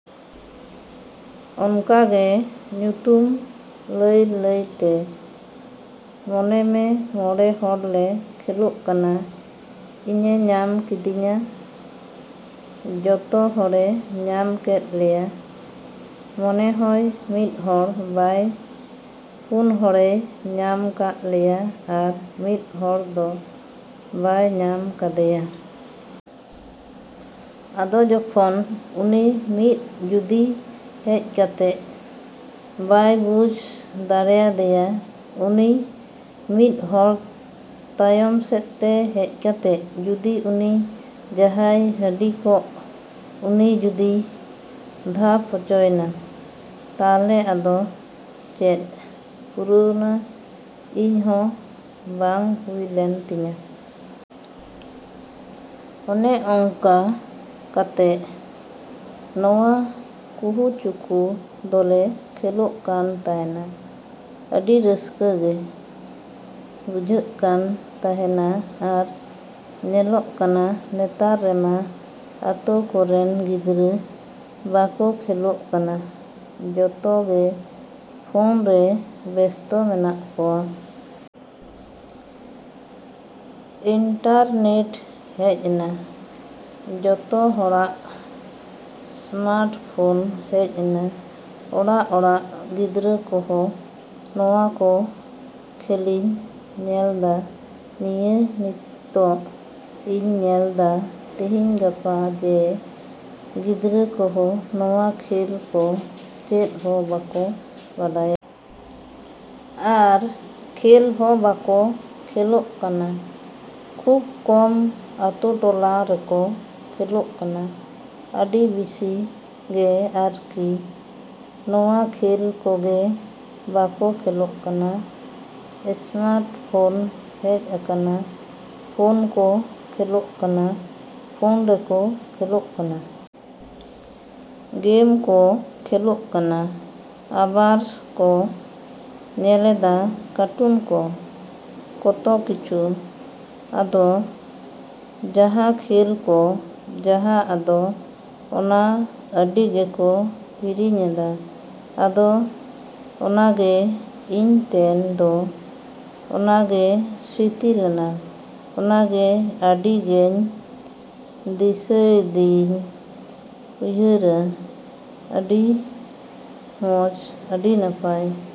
ᱚᱱᱠᱟ ᱜᱮ ᱧᱩᱛᱩᱢ ᱞᱟᱹᱭᱼᱞᱟᱹᱭ ᱛᱮ ᱢᱚᱱᱮ ᱢᱮ ᱢᱚᱬᱮ ᱦᱚᱲ ᱞᱮ ᱠᱷᱮᱞᱳᱜ ᱠᱟᱱᱟ ᱤᱧᱮ ᱧᱟᱢ ᱠᱤᱫᱤᱧᱟ᱾ ᱡᱚᱛᱚ ᱦᱚᱲᱮ ᱧᱟᱢ ᱠᱮᱫ ᱞᱮᱭᱟ᱾ ᱢᱚᱱᱮ ᱦᱚᱭ ᱢᱤᱫ ᱦᱚᱲ ᱵᱟᱭ, ᱯᱩᱱ ᱦᱚᱲᱮᱭ ᱧᱟᱢ ᱠᱟᱜ ᱞᱮᱭᱟ ᱟᱨ ᱢᱤᱫ ᱦᱚᱲ ᱫᱚ ᱵᱟᱭ ᱧᱟᱢ ᱠᱟᱫᱮᱭᱟ᱾ ᱟᱫᱚ ᱡᱚᱠᱷᱚᱱ ᱩᱱᱤ ᱢᱤᱫ ᱡᱩᱫᱤ ᱦᱮᱡ ᱠᱟᱛᱮ ᱵᱟᱭ ᱵᱩᱡᱽ ᱫᱟᱲᱮᱭᱟᱫᱮᱭᱟ, ᱩᱱᱤ ᱢᱤᱫ ᱦᱚᱲ ᱛᱟᱭᱚᱢ ᱥᱮᱫᱛᱮ ᱦᱮᱡ ᱠᱟᱛᱮ ᱡᱩᱫᱤ ᱩᱱᱤ ᱡᱟᱦᱟᱸᱭ ᱦᱟᱹᱰᱤ ᱠᱚᱜ ᱩᱱᱤ ᱡᱩᱫᱤᱭ ᱫᱷᱟᱯ ᱦᱚᱪᱚᱭᱮᱱᱟ᱾ ᱛᱟᱦᱞᱮ ᱟᱫᱚ ᱪᱮᱫ ᱯᱩᱨᱟᱹᱣᱱᱟ, ᱤᱧ ᱦᱚᱸ ᱵᱟᱝ ᱦᱩᱭ ᱞᱮᱱ ᱛᱤᱧᱟᱹ᱾ ᱚᱱᱮ ᱚᱝᱠᱟ ᱠᱟᱛᱮ ᱱᱚᱣᱟ ᱠᱩᱦᱩᱼᱪᱩᱠᱩ ᱫᱚᱞᱮ ᱠᱷᱮᱞᱳᱜ ᱠᱟᱱ ᱛᱟᱦᱮᱱᱟ᱾ ᱟᱹᱰᱤ ᱨᱟᱹᱥᱠᱟᱹ ᱜᱮ ᱵᱩᱡᱷᱟᱹᱜ ᱠᱟᱱ ᱛᱟᱦᱮᱱᱟ ᱟᱨ ᱧᱮᱞᱚᱜ ᱠᱟᱱᱟ ᱱᱮᱛᱟᱨ ᱨᱮᱢᱟ ᱟᱛᱳ ᱠᱚᱨᱮᱱ ᱜᱤᱫᱽᱨᱟᱹ ᱵᱟᱠᱚ ᱠᱷᱮᱞᱳᱜ ᱠᱟᱱᱟ᱾ ᱡᱚᱛᱚ ᱜᱮ ᱯᱷᱳᱱ ᱨᱮ ᱵᱮᱥᱛᱚ ᱢᱮᱱᱟᱜ ᱠᱚᱣᱟ᱾ ᱤᱱᱴᱟᱨᱱᱮᱴ ᱦᱮᱡ ᱮᱱᱟ, ᱡᱚᱛᱚ ᱦᱚᱲᱟᱜ ᱮᱥᱢᱟᱴ ᱯᱷᱳᱱ ᱦᱮᱡ ᱮᱱᱟ᱾ ᱚᱲᱟᱜᱼᱚᱲᱟᱜ ᱜᱤᱫᱽᱨᱟᱹ ᱠᱚᱦᱚᱸ ᱱᱚᱣᱟ ᱠᱚ ᱠᱷᱮᱞᱤᱧ ᱧᱮᱞ ᱫᱟ᱾ ᱱᱤᱭᱟᱹ ᱱᱤᱛᱳᱜ ᱤᱧ ᱧᱮᱞ ᱫᱟ ᱛᱤᱦᱤᱧᱼᱜᱟᱯᱟ ᱡᱮ, ᱜᱤᱫᱽᱨᱟᱹ ᱠᱚᱦᱚᱸ ᱱᱚᱣᱟ ᱠᱷᱮᱞ ᱠᱚ ᱪᱮᱫ ᱦᱚᱸ ᱵᱟᱠᱚ ᱵᱟᱲᱟᱭᱟ᱾ ᱟᱨ ᱠᱷᱮᱞ ᱦᱚᱸ ᱵᱟᱠᱚ ᱠᱷᱮᱞᱳᱜ ᱠᱟᱱᱟ, ᱠᱷᱩᱵᱽ ᱠᱚᱢ ᱟᱛᱳᱼᱴᱚᱞᱟ ᱨᱮᱠᱚ ᱠᱷᱮᱞᱳᱜ ᱠᱟᱱᱟ᱾ ᱟᱹᱰᱤ ᱵᱤᱥᱤ ᱜᱮ ᱟᱨᱠᱤ ᱱᱚᱣᱟ ᱠᱷᱮᱞ ᱠᱚᱜᱮ ᱵᱟᱠᱚ ᱠᱷᱮᱞᱳᱜ ᱠᱟᱱᱟ᱾ ᱮᱥᱢᱟᱴ ᱯᱷᱳᱱ ᱦᱮᱡ ᱟᱠᱟᱱᱟ, ᱯᱷᱳᱱ ᱠᱚ ᱠᱷᱮᱞᱳᱜ ᱠᱟᱱᱟ, ᱯᱷᱳᱱ ᱨᱮᱠᱚ ᱠᱷᱮᱞᱳᱜ ᱠᱟᱱᱟ᱾ ᱜᱮᱢ ᱠᱚ ᱠᱷᱮᱞᱳᱜ ᱠᱟᱱᱟ᱾ ᱟᱵᱟᱨ ᱠᱚ ᱧᱮᱞᱮᱫᱟ ᱠᱟᱴᱩᱱ ᱠᱚ, ᱠᱚᱛᱚ ᱠᱤᱪᱷᱩ᱾ ᱟᱫᱚ ᱡᱟᱦᱟᱸ ᱠᱷᱮᱞ ᱠᱚ ᱡᱟᱦᱟᱸ ᱟᱫᱚ ᱚᱱᱟ ᱟᱹᱰᱤ ᱜᱮᱠᱚ ᱦᱤᱲᱤᱧᱮᱫᱟ᱾ ᱟᱫᱚ ᱚᱱᱟ ᱜᱮ ᱤᱧᱴᱮᱱ ᱫᱚ ᱚᱱᱟ ᱜᱮ ᱥᱨᱤᱛᱤ ᱞᱮᱠᱟ᱾ ᱚᱱᱟ ᱜᱮ ᱟᱹᱰᱤ ᱜᱮᱧ ᱰᱤᱥᱟᱹᱭᱟ ᱟᱹᱰᱤᱧ ᱩᱭᱦᱟᱹᱨᱟ᱾ ᱟᱹᱰᱤ ᱢᱚᱡᱽ, ᱟᱹᱰᱤ ᱱᱟᱯᱟᱭ᱾